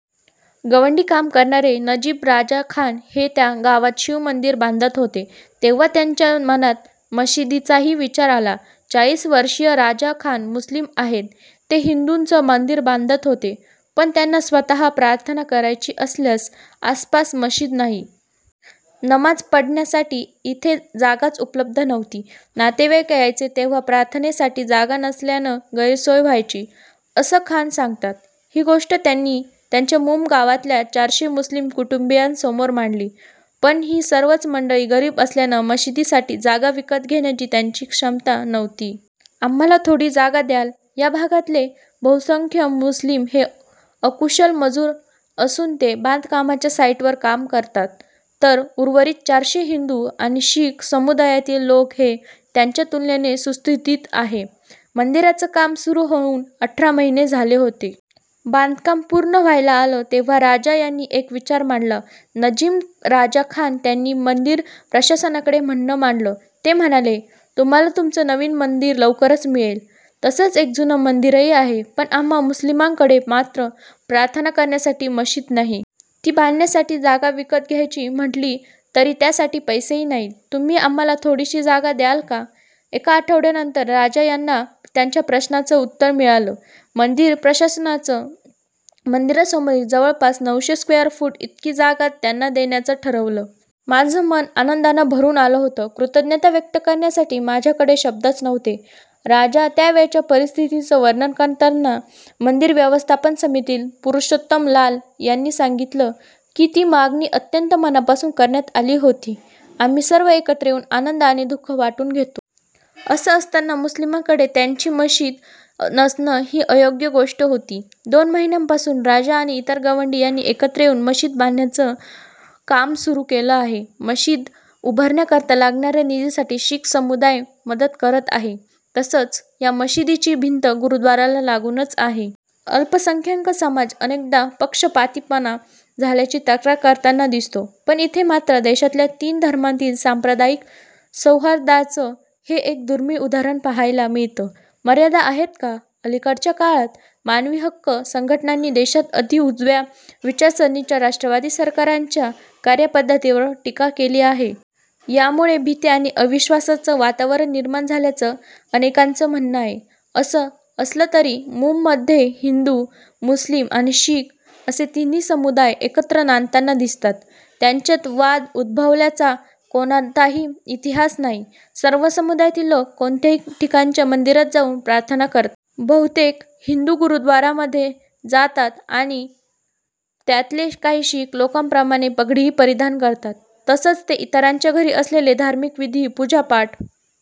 गवंडी काम करणारे नजीम राजा खान हे त्या गावात शिव मंदिर बांधत होते. तेव्हा त्यांच्या मनात मशिदीचाही विचार आला. चाळीस वर्षीय राजा खान मुस्लीम आहेत. ते हिंदूचं मंदिर बांधत होते. पण त्यांना स्वत: प्रार्थना करायची असल्यास आसपास मशीद नाही. नमाज पढण्यासाठी इथे जागाच उपलब्ध नव्हती. नातेवाईक यायचे तेव्हा प्रार्थनेसाठी जागा नसल्यानं गैरसोय व्हायची, असं खान सांगतात. ही गोष्ट त्यांनी त्यांच्या मूम गावातल्या चारशे मुस्लीम कुटुंबीयांसमोर मांडली. पण ही सर्वच मंडळी गरीब असल्यानं मशिदीसाठी जागा विकत घेण्याची त्यांची क्षमता नव्हती. आम्हाला थोडी जागा द्याल? या भागातले बहुसंख्य मुस्लीम हे अकुशल मजूर असून ते बांधकामाच्या साईटवर काम करतात. तर उर्वरित चारशे हिंदू आणि शीख समुदायातील लोक हे त्यांच्या तुलनेनं सुस्थितीत आहेत. मंदिराचं काम सुरू होऊन अठरा महीने झाले होते. बांधकाम पूर्ण व्हायला आलं तेव्हा राजा यांनी एक विचार मांडला. नजीम राजा खान त्यांनी मंदिर प्रशासनाकडे म्हणणं मांडंलं. ते म्हणाले, तुम्हाला तुमचं नवीन मंदिर लवकरच मिळेल. तसंच एक जुनं मंदिरही आहे. पण आम्हा मुस्लिमांकडे मात्र प्रार्थना करण्यासाठी मशीद नाही. ती बांधण्यासाठी जागा विकत घ्यायची म्हटली तर त्यासाठी पैसेही नाहीत. तुम्ही आम्हाला थोडीशी जागा द्याल का? एका आठवड्यानंतर राजा यांना त्यांच्या प्रश्नाचं उत्तर मिळालं. मंदिर प्रशासनानं मंदिरासमोरील जवळपास नऊशे स्क्वेअर फूट इतकी जागा त्यांना देण्याचं ठरवलं. माझं मन आनंदानं भरून आलं होतं. कृतज्ञता व्यक्त करण्यासाठी माझ्याकडे शब्दच नव्हते, राजा त्यावेळच्या परिस्थितीचं वर्णन करतात. मंदिर व्यवस्थापन समितीतील पुरषोत्तम लाल यांनी सांगितलं की, ती मागणी अत्यंत मनापासून करण्यात आली होती. आम्ही सर्व एकत्र येऊन आनंद आणि दु:ख वाटून घेतो. असं असताना मुस्लिमांकडे त्यांची मशीद नसणं, ही अयोग्य गोष्ट होती. दोन महिन्यांपासून राजा आणि इतर गवंडी यांनी एकत्र येऊन मशीद बांधण्याचं काम सुरू केलं आहे. मशीद उभारण्याकरता लागणाऱ्या निधीसाठी शीख समुदाय मदत करत आहे, तसंच या मशिदीची भिंत गुरुद्वाराला लागूनच आहे. अल्पसंख्याक समाज अनेकदा पक्षपातीपणा झाल्याची तक्रार करताना दिसतो. पण इथे मात्र देशातल्या तीन धर्मांमधील सांप्रदायिक सौहर्दाचं हे एक दुर्मीळ उदाहरण पाहायला मिळतं. मर्यादा आहेत का? अलिकडच्या काळात, मानवी हक्क संघटनांनी देशात अती उजव्या विचारसरणीच्या राष्ट्रवादी सरकारांच्या कार्यपध्दतीवर टीका केली आहे. यामुळे भीती आणि अविश्वासाचं वातावरण निर्माण झाल्याचं अनेकांचं म्हणणं आहे. असं असलं तरी, मूममध्ये हिंदू, मुस्लीम आणि शीख असे तिन्ही समुदाय एकत्र नांदताना दिसतात. त्यांच्यात वाद उद्भवल्याचा कोणताही इतिहास नाही. सर्व समुदायातील लोक कोणत्याही ठिकाणच्या मंदिरात जाऊन प्रार्थना करतात. बहुतेक हिंदू गुरुद्वारामध्ये जातात आणि त्यातले काही शीख लोकांप्रमाणे पगडीही परिधान करतात. तसंच ते इतरांच्या घरी असलेले धार्मिक विधी, पूजापाठ